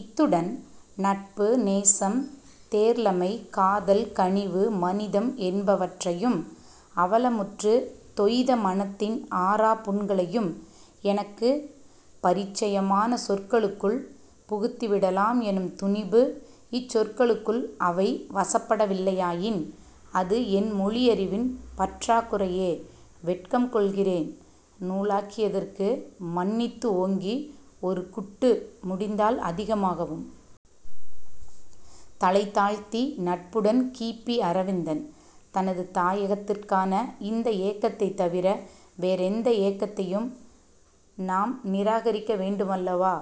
இத்துடன் நட்பு, நேசம், தேர்ழமை, காதல், கனிவு, மனிதம் என்பவற்றையும், அவலமுற்று தொய்த மனத்தின் ஆறாப் புண்களையும் எனக்கு பரிச்சயமான சொற்களுக்குள் புகுத்திவிடலாம் எனும் துணிபு. இச் சொற்களுக்குள் அவை வசப்படவில்லையாயின் அது என் மொழியறிவின் பற்றாக் குறையே. வெட்கம் கொள்கிறேன். நூலாக்கியதற்கு மன்னித்து ஓங்கி ஒரு குட்டு, முடிந்தால் அதிகமாகவும். தலைதாழ்த்தி, நட்புடன் கி. பி. அரவிந்தன். தனது தாயத்திற்கான இந்த ஏக்கத்தைத் தவிர வேறெந்த ஏக்கத்தையும் நாம் நிராகரிக்க வேண்டுமல்லவா?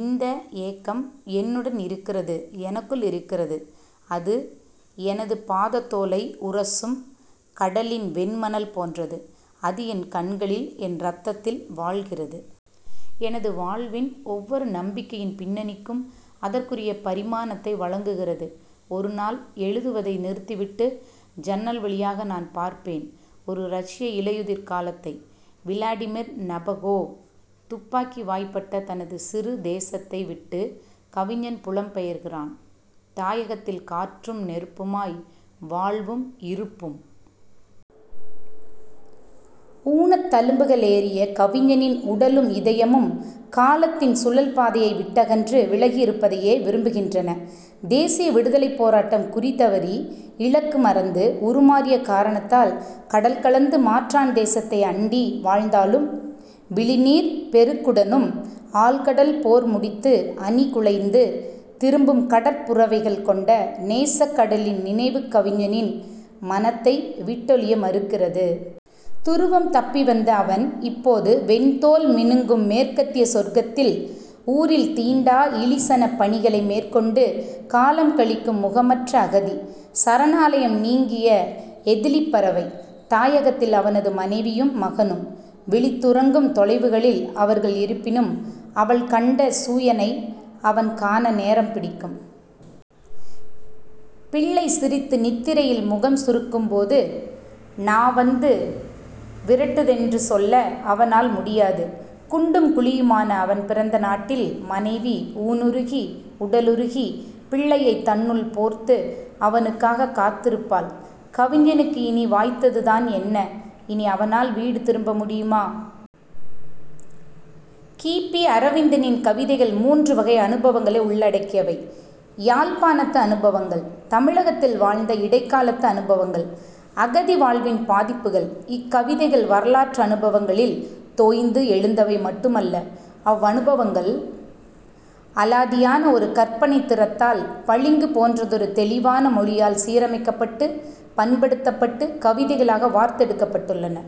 இந்த ஏக்கம் என்னுடன் இருக்கிறது. எனக்குள் இருக்கிறது. அது எனது பாதத்தோலை உரசும் கடலின் வெண்மணல் போன்றது. அது என் கண்களில், என் இரத்தத்தில் வாழ்கிறது. எனது வாழ்வின் ஒவ்வொரு நம்பிக்கையின் பின்னணிக்கும் அதற்குரிய பரிமாணத்தை வழங்குகிறது. ஒருநாள், எழுதுவதை நிறுத்திவிட்டு ஜன்னல் வழியாக நான் பார்ப்பேன் ஒரு ரஷ்ய இலையுதிர் காலத்தை. விளாடிமிர் நபகோவ் "துப்பாக்கி வாய்ப்பட்ட" தனது "சிறு தேச"த்தை விட்டுக் கவிஞன் புலம்பெயர்கிறான். தாயகத்தில் "காற்றும் நெருப்புமாய், வாழ்வும் இருப்பும்". "ஊனத்தழும்புக"ளேறிய கவிஞனின் உடலும் இதயமும் காலத்தின் "சுழல்" பாதையை விட்டகன்று விலகியிருப்பதையே விரும்புகின்றன -தேசிய விடுதலைப் போராட்டம் குறிதவறி, இலக்கு மறந்து, உருமாறிய காரணத்தால். கடல் கடந்து மாற்றான் தேசத்தை அண்டி வாழ்ந்தாலும், "விழிநீர்ப் பெருக்குடனும் ஆழ்கடல் போர் முடித்து அணிகுலைந்து திரும்பும் கடற்புரவிகள்" கொண்ட 'நேசக்கடலின்' நினைவு கவிஞனின் மனத்தை விட்டொழிய மறுக்கிறது. "துருவம் தப்பி வந்த" அவன், இப்போது "வெண்தோல் மினுங்கும்" மேற்கத்திய சொர்க்கத்தில் "ஊரில் தீண்டாத 'இழிசனப்' பணிகளை" மேற்கொண்டு காலம் கழிக்கும் முகமற்ற அகதி; சரணாலயம் நீங்கிய எதிலிப்பறவை. தாயகத்தில் அவனது மனைவியும் மகனும்; விழித்துறங்கும் தொலைவுகளில் அவர்கள் இருப்பினும், அவள் கண்ட சூயனை அவன் காண நேரம் பிடிக்கும். பிள்ளை சிரித்து நித்திரையில் முகம் சுருக்கும்போது, "நா வந்து விரட்டுதென்று" சொல்ல அவனால் முடியாது. "குண்டும் குழியுமான" அவன் பிறந்த நாட்டில் மனைவி" ஊனுருகி உடலுருகி" பிள்ளையைத் "தன்னுக்குள் போர்த்து" அவனுக்காகக் காத்திருப்பாள். கவிஞனுக்கு இனி வாய்த்ததுதான் என்ன? இனி அவனால் வீடு திரும்ப முடியுமா? கி. பி. அரவிந்தனின் கவிதைகள் மூன்று வகை அனுபவங்களை உள்ளடக்கியவை: யாழ்ப்பாணத்து அனுபவங்கள்; தமிழகத்தில் வாழ்ந்த இடைக்காலத்து அனுபவங்கள்; அகதிவாழ்வின் பாதிப்புகள். இக்கவிதைகள் வரலாற்றனுபவங்களில் தோய்ந்து எழுந்தவை மட்டுமல்ல. அவ்வனுபவங்கள் அலாதியான ஒரு கற்பனைத் திறத்தால், பளிங்கு போன்றதொரு தெளிவான மொழியால் சீரமைக்கப்பட்டு, பண்படுத்தப்பட்டுக் கவிதைகளாக வார்த்தெடுக்கப்பட்டுள்ளன.